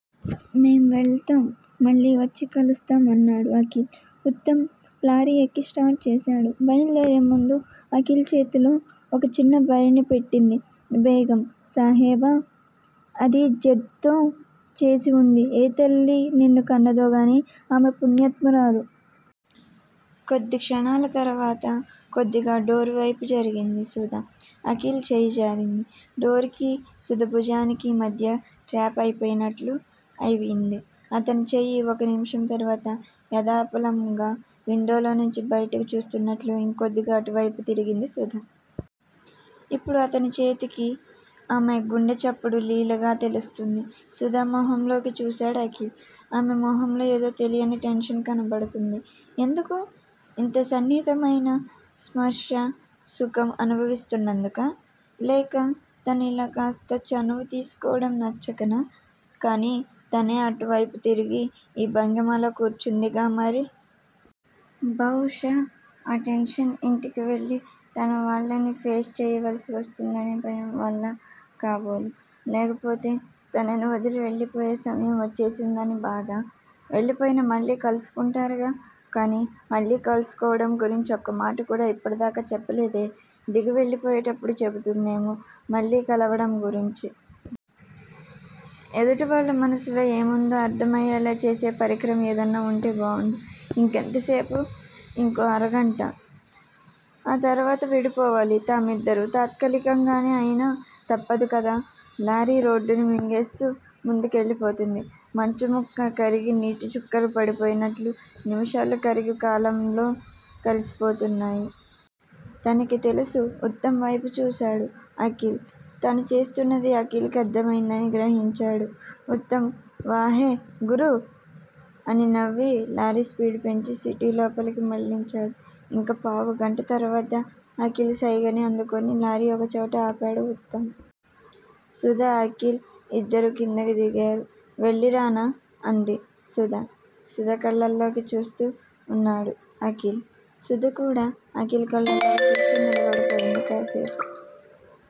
మేం వెళ్తాం. మళ్ళీ వచ్చి కలుస్తాము అన్నాడు అఖిల్. ఉత్తమ్ లారీ ఎక్కి స్టార్ట్ చేశాడు. బయలుదేరే ముందు అఖిల్ చేతిలో ఒక చిన్న భరిణె పెట్టింది బేగం సాహెబా. అది జేడ్ తో చేసి వుంది. ఏ తల్లి నిన్ను కన్నదోగానీ ఆమె పుణ్యాత్మురాలు. కొద్ది క్షణాల తర్వాత, కొద్దిగా డోర్ వైపు జరిగింది సుధ. అఖిల్ చెయ్యి జారింది. డోర్ కి, సుధ భుజానికీ మధ్య ట్రాప్ అయిపోయినట్లు అయ్యింది అతని చెయ్యి. ఒక నిమిషం తర్వాత, యధాపలంగా విండోలో నుంచి బయటికి చూస్తున్నట్లు ఇంకొద్దిగా అటువైపు తిరిగింది సుధ. ఇప్పుడు అతని చేతికి ఆమె గుండె చప్పుడు లీలగా తెలుస్తోంది. సుధ మొహంలోకి చూశాడు అఖిల్. ఆమె మొహంలో ఏదో తెలియని టెన్షన్ కనబడుతోంది. ఎందుకు? ఇంత సన్నిహితమైన స్పర్శా సుఖం అనుభవిస్తున్నందుకా? లేక, తను ఇలా కాస్త చనువు తీసుకోవడం నచ్చకనా? కానీ తనే అటువైపు తిరిగి ఈ భంగిమలో కూర్చుందిగా మరి? బహుశా ఆ టెన్షన్ ఇంటికి వెళ్ళి తన వాళ్ళని ఫేస్ చెయ్యవలసి వస్తుందనే భయంవల్ల కాబోలు. లేకపోతే, తనని వదిలి వెళ్ళిపోయే సమయం వచ్చేసిందని బాధా? వెళ్ళిపోయినా మళ్ళీ కలుసుకుంటారుగా! కానీ, మళ్ళీ కలుసుకోవడం గురించి ఒక్క మాట కూడా ఇప్పటిదాకా చెప్పలేదే! దిగి వెళ్ళిపోయేటప్పుడు చెబుతుందేమో మళ్ళీ కలవడం గురించి. ఎదుటివాళ్ళ మనసులో ఏముందో అర్ధం అయ్యేలా చేసే పరికరం ఏదన్నా వుంటే బావుండు. ఇంకెంతసేపు! ఇంకో అరగంట! ఆ తర్వాత విడిపోవాలి తామిద్దరూ. తాత్కాలికంగానే అయినా, తప్పదు కదా! లారీ రోడ్డుని మింగేస్తూ ముందుకెళ్ళిపోతోంది. మంచుముక్క కరిగి నీటిచుక్కలు పడిపోయినట్లు, నిమిషాలు కరిగి కాలంలో కలిసిపోతున్నాయి. తనకి తెలుసు. ఉత్తమ్ వైపు చూశాడు అఖిల్. తను చేస్తున్నది అఖిల్ కి అర్ధం అయ్యిందని గ్రహించాడు ఉత్తమ్. వాహె గురూ! అని నవ్వి లారీ స్పీడు పెంచి, సిటీ లోపలికి మళ్ళించాడు. ఇంక పావుగంట తర్వాత అఖిల్ సైగని అందుకుని, లారీ ఒక చోట ఆపాడు ఉత్తమ్. సుధా, అఖిల్ ఇద్దరూ కిందికి దిగారు. వెళ్ళిరానా? అంది సుధ. సుధ కళ్ళలోకే చూస్తూ వున్నాడు అఖిల్. సుధ కూడా అఖిల్ కళ్ళలోకే చూస్తూ నిలబడిపోయింది కాసేపు.